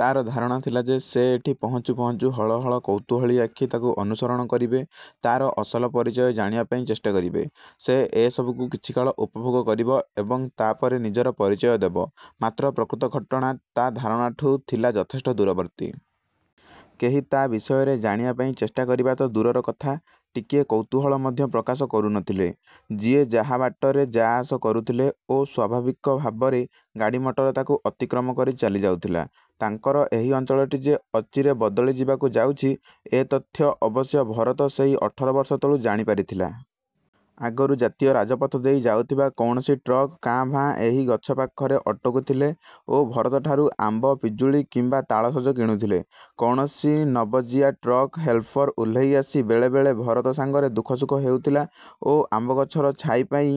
ତାର ଧାରଣା ଥିଲା ଯେ ସେ ଏଠି ପହଞ୍ଚୁ ପହଞ୍ଚୁ ହଳ ହଳ କୌତୂହଳୀ ଆଖି ତାକୁ ଅନୁସରଣ କରିବେ। ତାର ଅସଲ ପରିଚୟ ଜାଣିବା ପାଇଁ ଚେଷ୍ଟା କରିବେ। ସେ ଏସବୁକୁ କିଛିକାଳ ଉପଭୋଗ କରିବ ଏବଂ ତାପରେ ନିଜର ପରିଚୟ ଦେବ। ମାତ୍ର ପ୍ରକୃତ ଘଟଣା ତାର ଧାରଣାଠୁ ଥିଲା ଯଥେଷ୍ଟ ଦୂରବର୍ତ୍ତୀ। କେହି ତା ବିଷୟରେ ଜାଣିବା ପାଇଁ ଚେଷ୍ଟା କରିବା ତ ଦୂରର କଥା ଟିକିଏ କୌତୂହଳ ମଧ୍ୟ ପ୍ରକାଶ କରୁ ନଥିଲେ। ଯିଏ ଯାହା ବାଟରେ ଯା ଆସ କରୁଥିଲେ ଓ ସ୍ୱାଭାବିକ ଭାବରେ ଗାଡ଼ିମଟର ତାକୁ ଅତିକ୍ରମ କରି ଚାଲିଯାଉଥିଲା। ତାଙ୍କର ଏହି ଅଞ୍ଚଳଟି ଯେ ଅଚିରେ ବଦଳିଯିବାକୁ ଯାଉଛି ଏ ତଥ୍ୟ ଅବଶ୍ୟ ଭରତ ସେଇ ଅଠର ବର୍ଷ ତଳୁ ଜାଣିପାରିଥିଲା। ଆଗରୁ ଜାତୀୟ ରାଜପଥ ଦେଇ ଯାଉଥିବା କୌଣସି ଟ୍ରକ୍ କାଁ ଭାଁ ଏହି ଗଛ ପାଖରେ ଅଟକୁଥିଲେ ଓ ଭରତ ଠାରୁ ଆମ୍ବ, ପିଜୁଳି କିମ୍ବା ତାଳସଜ କିଣୁଥିଲେ। କୌଣସି ନବଜିଆ ଟ୍ରକ୍ ହେଲ୍ପର ଓହ୍ଲେଇ ଆସି ବେଳେବେଳେ ଭରତ ସାଙ୍ଗରେ ଦୁଃଖସୁଖ ହେଉଥିଲା ଓ ଆମ୍ବଗଛର ଛାଇ ପାଇଁ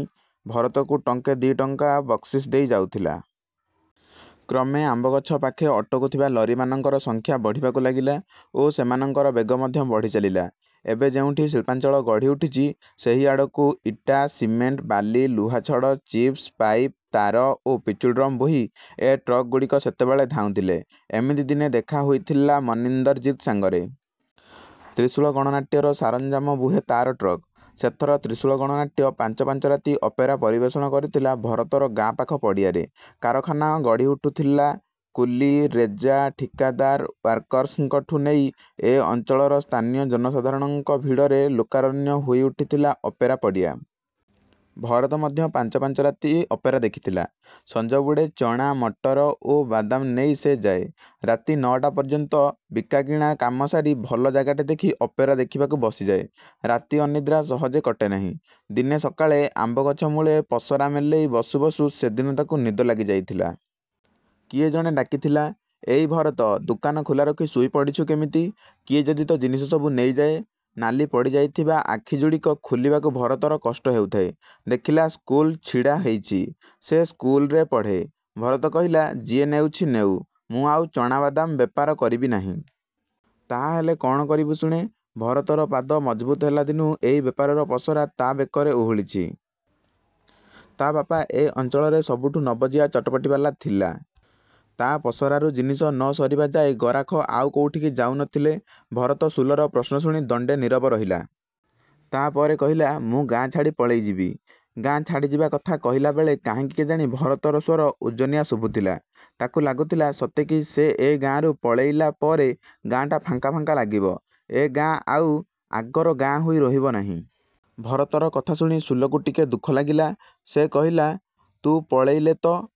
ଭରତକୁ ଟଙ୍କେ ଦି ଟଙ୍କା ବକ୍ସିସ ଦେଇ ଯାଉଥିଲା। କ୍ରମେ ଆମ୍ବଗଛ ପାଖେ ଅଟକୁଥିବା ଲରିମାନଙ୍କର ସଂଖ୍ୟା ବଢ଼ିବାକୁ ଲାଗିଲା ଓ ସେମାନଙ୍କର ବେଗ ମଧ୍ୟ ବଢ଼ିଚାଲିଲା। ଏବେ ଯେଉଁଠି ଶିଳ୍ପାଞ୍ଚଳ ଗଢ଼ିଉଠିଛି, ସେହିଆଡ଼କୁ ଇଟା, ସିମେଣ୍ଟ, ବାଲି, ଲୁହାଛଡ଼, ଚିପ୍ସ, ପାଇପ, ତାର ଓ ପିଚୁଡ୍ରମ୍ ବୋହି ଏ ଟ୍ରକ୍‌ଗୁଡ଼ିକ ସେତେବେଳେ ଧାଉଁଥିଲେ। ଏମିତି ଦିନେ ଦେଖା ହୋଇଥିଲା ମନିନ୍ଦରଜିତ୍ ସାଙ୍ଗରେ। ତ୍ରିଶୂଳ ଗଣନାଟ୍ୟର ସାଜସରଞ୍ଜାମ ବୁହେ ତାର ଟ୍ରକ୍। ସେଥର ତ୍ରିଶୂଳ ଗଣନାଟ୍ୟ ପାଞ୍ଚ ପାଞ୍ଚ ରାତି ଅପେରା ପରିବେଷଣ କରିଥିଲା ଭରତର ଗାଁ ପାଖ ପଡ଼ିଆରେ। କାରଖାନା ଗଢ଼ିଉଠୁଥିଲା କୁଲି, ରେଜା, ଠିକାଦାର, ୱାର୍କର୍ସଙ୍କଠୁଁ ନେଇ ଏ ଅଞ୍ଚଳର ସ୍ଥାନୀୟ ଜନସାଧାରଣଙ୍କ ଭିଡ଼ରେ ଲୋକାରଣ୍ୟ ହୋଇଉଠିଥିଲା ଅପେରା ପଡ଼ିଆ। ଭରତ ମଧ୍ୟ ପାଞ୍ଚ ପାଞ୍ଚ ରାତି ଅପେରା ଦେଖିଥିଲା। ସଂଜବୁଡ଼େ ଚଣା, ମଟର ଓ ବାଦାମ ନେଇ ସେ ଯାଏ। ରାତି ନଅଟା ପର୍ଯ୍ୟନ୍ତ ବିକାକିଣା କାମ ସାରି ଭଲ ଜାଗାଟେ ଦେଖି ଅପେରା ଦେଖିବାକୁ ବସିଯାଏ। ରାତି ଅନିଦ୍ରା ସହଜେ କଟେନାହିଁ। ଦିନେ ସକାଳେ, ଆମ୍ବଗଛ ମୂଳେ ପସରା ମେଲେଇ ବସୁ ବସୁ ସେଦିନ ତାକୁ ନିଦ ଲାଗିଯାଇଥିଲା। କିଏ ଜଣେ ଡାକିଥିଲା, "ଏ ଇ ଭରତ, ଦୋକାନ ଖୋଲା ରଖି ଶୋଇପଡ଼ୁଛୁ କେମିତି? କିଏ ଯଦି ତୋ ଜିନିଷ ସବୁ ନେଇଯାଏ!" ନାଲି ପଡ଼ିଯାଇଥିବା ଆଖିଯୋଡ଼ିକ ଖୋଲିବାକୁ ଭରତର କଷ୍ଟ ହେଉଥାଏ। ଦେଖିଲା, ସ୍କୁଲ ଛିଡ଼ାହେଇଛି। ସେ ସ୍କୁଲରେ ପଢ଼େ। ଭରତ କହିଲା, "ଯିଏ ନେଉଛି ନେଉ, ମୁଁ ଆଉ ଚଣା ବାଦାମ ବେପାର କରିବି ନାହିଁ।" "ତାହାହେଲେ କଣ କରିବୁ ଶୁଣେ!" ଭରତର ପାଦ ମଜଭୁତ ହେଲା ଦିନୁ ଏଇ ବେପାରର ପସରା ତା ବେକରେ ଓହଳିଛି। ତା ବାପା ଏ ଅଞ୍ଚଳରେ ସବୁଠୁ ନବଜିଆ ଚଟ୍‌ପଟିବାଲା ଥିଲା। ତା ପସରାରୁ ଜିନିଷ ନ ସରିବାଯାଏ ଗରାଖ ଆଉ କୋଉଠିକି ଯାଉନଥିଲେ। ଭରତ ସୁଲର ପ୍ରଶ୍ନ ଶୁଣି ଦଣ୍ଡେ ନିରବ ରହିଲା। ତାପରେ କହିଲା, "ମୁଁ ଗାଁ ଛାଡ଼ି ପଳେଇଯିବି।" ଗାଁ ଛାଡ଼ିଯିବା କଥା କହିଲାବେଳେ କାହିଁକି କେଜାଣି ଭରତର ସ୍ୱର ଓଜନିଆ ଶୁଭୁଥିଲା। ତାକୁ ଲାଗୁଥିଲା, ସତେକି ସେ ଏ ଗାଁରୁ ପଳେଇଲା ପରେ ଗାଁଟା ଫାଙ୍କା ଫାଙ୍କା ଲାଗିବ, ଏ ଗାଁ ଆଉ ଆଗର ଗାଁ ହୋଇ ରହିବ ନାହିଁ। ଭରତର କଥା ଶୁଣି ସୁଲକୁ ଟିକେ ଦୁଃଖ ଲାଗିଲା। ସେ କହିଲା, "ତୁ ପଳେଇଲେ ତ"।